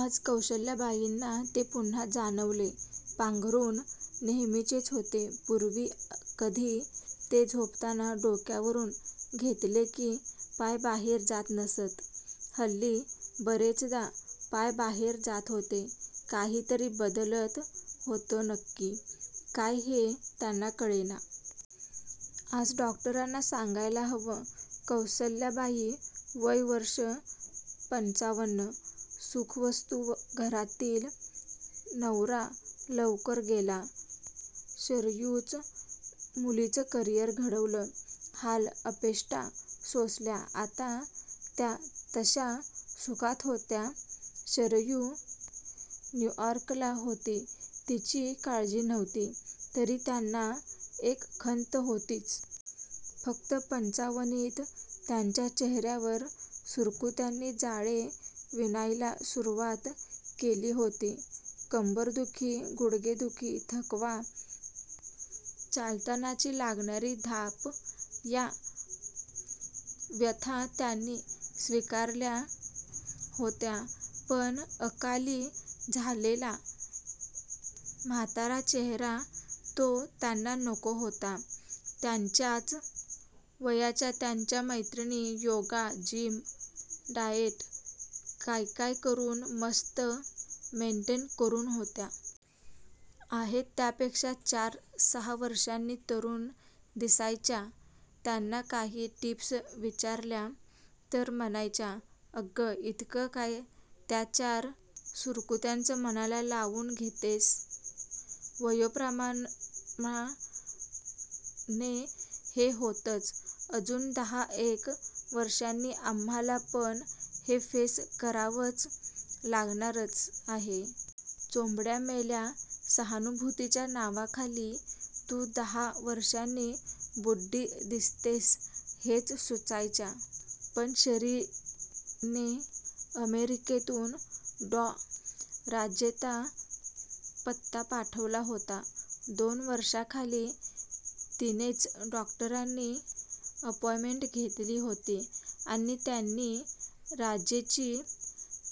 आज कौसल्याबाईंना ते पुन्हा जाणवले. पांघरून नेहमीचेच होते. पूर्वी कधी, ते झोपताना डोक्यावरून घेतले की, पाय बाहेर जात नसत. हल्ली बरेचदा पाय बाहेर जात होते. काहीतरी बदलत होत. नक्की काय हे त्यांना कळेना. आज डॉक्टरांना सांगायला हवं. कौसल्याबाई वय वर्ष पंच्चावन. सुखवस्तू घरातील. नवरा लवकर गेला. शरयूच मुलीचं करियर घडवलं. हाल अपेष्टा सोसल्या. आता त्या तश्या सुखात होत्या. शरयू न्यूयार्कला होती. तिची काळजी नव्हती. तरी त्यांना एक खन्त होतीच. फक्त पंच्चावनीत त्यांच्या चेहऱ्यावर, सुरकुत्यांनी जाळे विणायला सुरवात केली होती! कंबरदुखी, गुडघेदुखी, थकवा, चालतानाची लागणारी धाप या व्यथा त्यांनी स्वीकारल्या होत्या. पण अकाली झालेला म्हातारा चेहरा! तो त्यांना नको होता! त्यांच्याच वयाच्या त्यांच्या मैत्रिणी, योगा, जिम, डाएट, काय काय करून मस्त मेंटेन करून होत्या. आहेत त्या पेक्षा, चार सहा वर्षांनी तरुण दिसायच्या. त्यांना काही टिप्स विचारल्या तर म्हणायच्या 'अग, इतकं काय त्या चार सुरकुत्यांचं मनाला लावून घेतसे? वयोमानाप्रमाणे हे होतच. अजून दहा एक वर्षांनी, आम्हाला पण हे फेस करावंच लागणारच आहे! ' चोम्बड्या मेल्या! सहानुभूतीच्या नावाखाली तू दहा वर्षांनी बुड्डी दिसतेस हेच सुचायच्या! पण शरीने अमेरिकेतून डॉ. राजेंचा पत्ता पाठवला होता, दोन वर्षा खाली. तिनेच डॉक्टरांची अपॉइंटमेंट घेतली होती आणि त्यांनी डॉ. राजेंची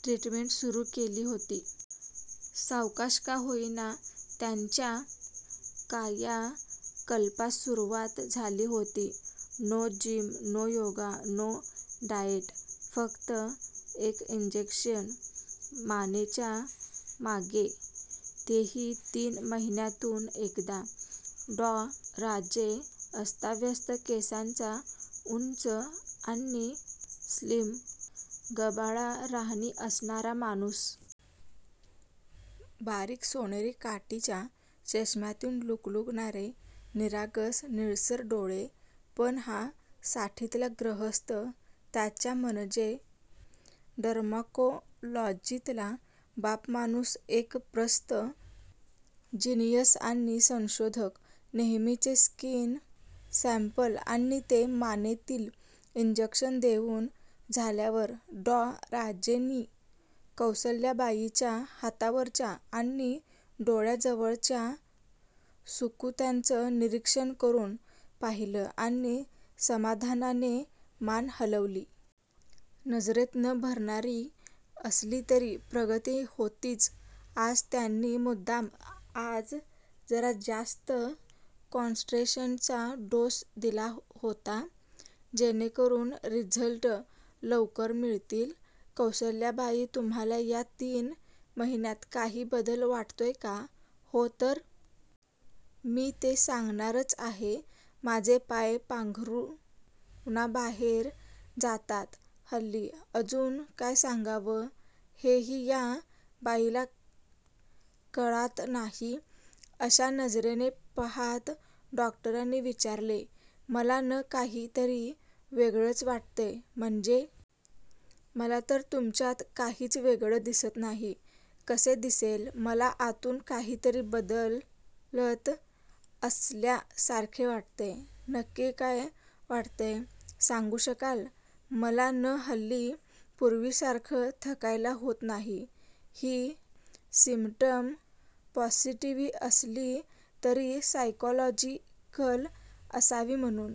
ट्रीटमेंट सुरु केली होती. सावकाश का होईना, त्यांच्या कायाकल्पास सुरवात झाली होती. No gym, no yoga, no diet! फक्त एक इंजेक्शन मानेच्या मागे ते हि तीन महिन्यातून एकदा डॉ. राजे. अस्ताव्यस्त केसांचा, उंच आणि स्लिम, गबाळा राहणी असणारा माणूस! बारीक सोनेरी काडीच्या चष्म्यातून लुकलुकणारे निरागस निळसर डोळे! पण हा साठीतला गृहस्थ, त्याच्या म्हणजे डर्माकोलॉजितला 'बाप' माणूस! एक प्रस्त! जिनियस! आणि संशोधक! नेहमीचे स्किन सॅम्पल, आणि ते मानेतील इंजक्शन देऊन झाल्यावर, डॉ. राजेंनी कौसल्याबाईंच्या हातावरच्या आणि डोळ्या जवळच्या सुकुत्यांचं निरीक्षण करून पाहिलं आणि समाधानाने मान हलवली. नजरेत न भरणारी असली तरी, प्रगती होतीच. आज त्यांनी मुद्दाम आज जरा ज्यास्त कॉन्सन्ट्रेशनचा डोस दिला होता. जेणेकरून रिझल्ट लवकर मिळतील. "कौसल्याबाई, तुम्हाला या तीन महिन्यात काही बदल वाटतोय का? " "हो तर! मी ते सांगणारच आहे. माझे पाय पाघरुणा बाहेर जातात हल्ली! " "अजून? " काय सांगावं, हे हि या बाईला काळात नाही, अशा नजरेने पहात डॉक्टरांनी विचारले. "मला, न काही तरी वेगळंच वाटतंय! "" म्हणजे? मला तर तुमच्यात काहीच वेगळं दिसत नाही. " "कसे दिसेल? मला आतून काहीतरी बदलत असल्या सारखे वाटतंय! " "नक्की काय वाटतंय, सांगू शकाल? " "मला न हल्ली, पूर्वी सारखं थकायला होत नाही! " हि सिमटम पॉसिटीव्ह असली तरी सायकॉलॉजिकल असावी, म्हाणून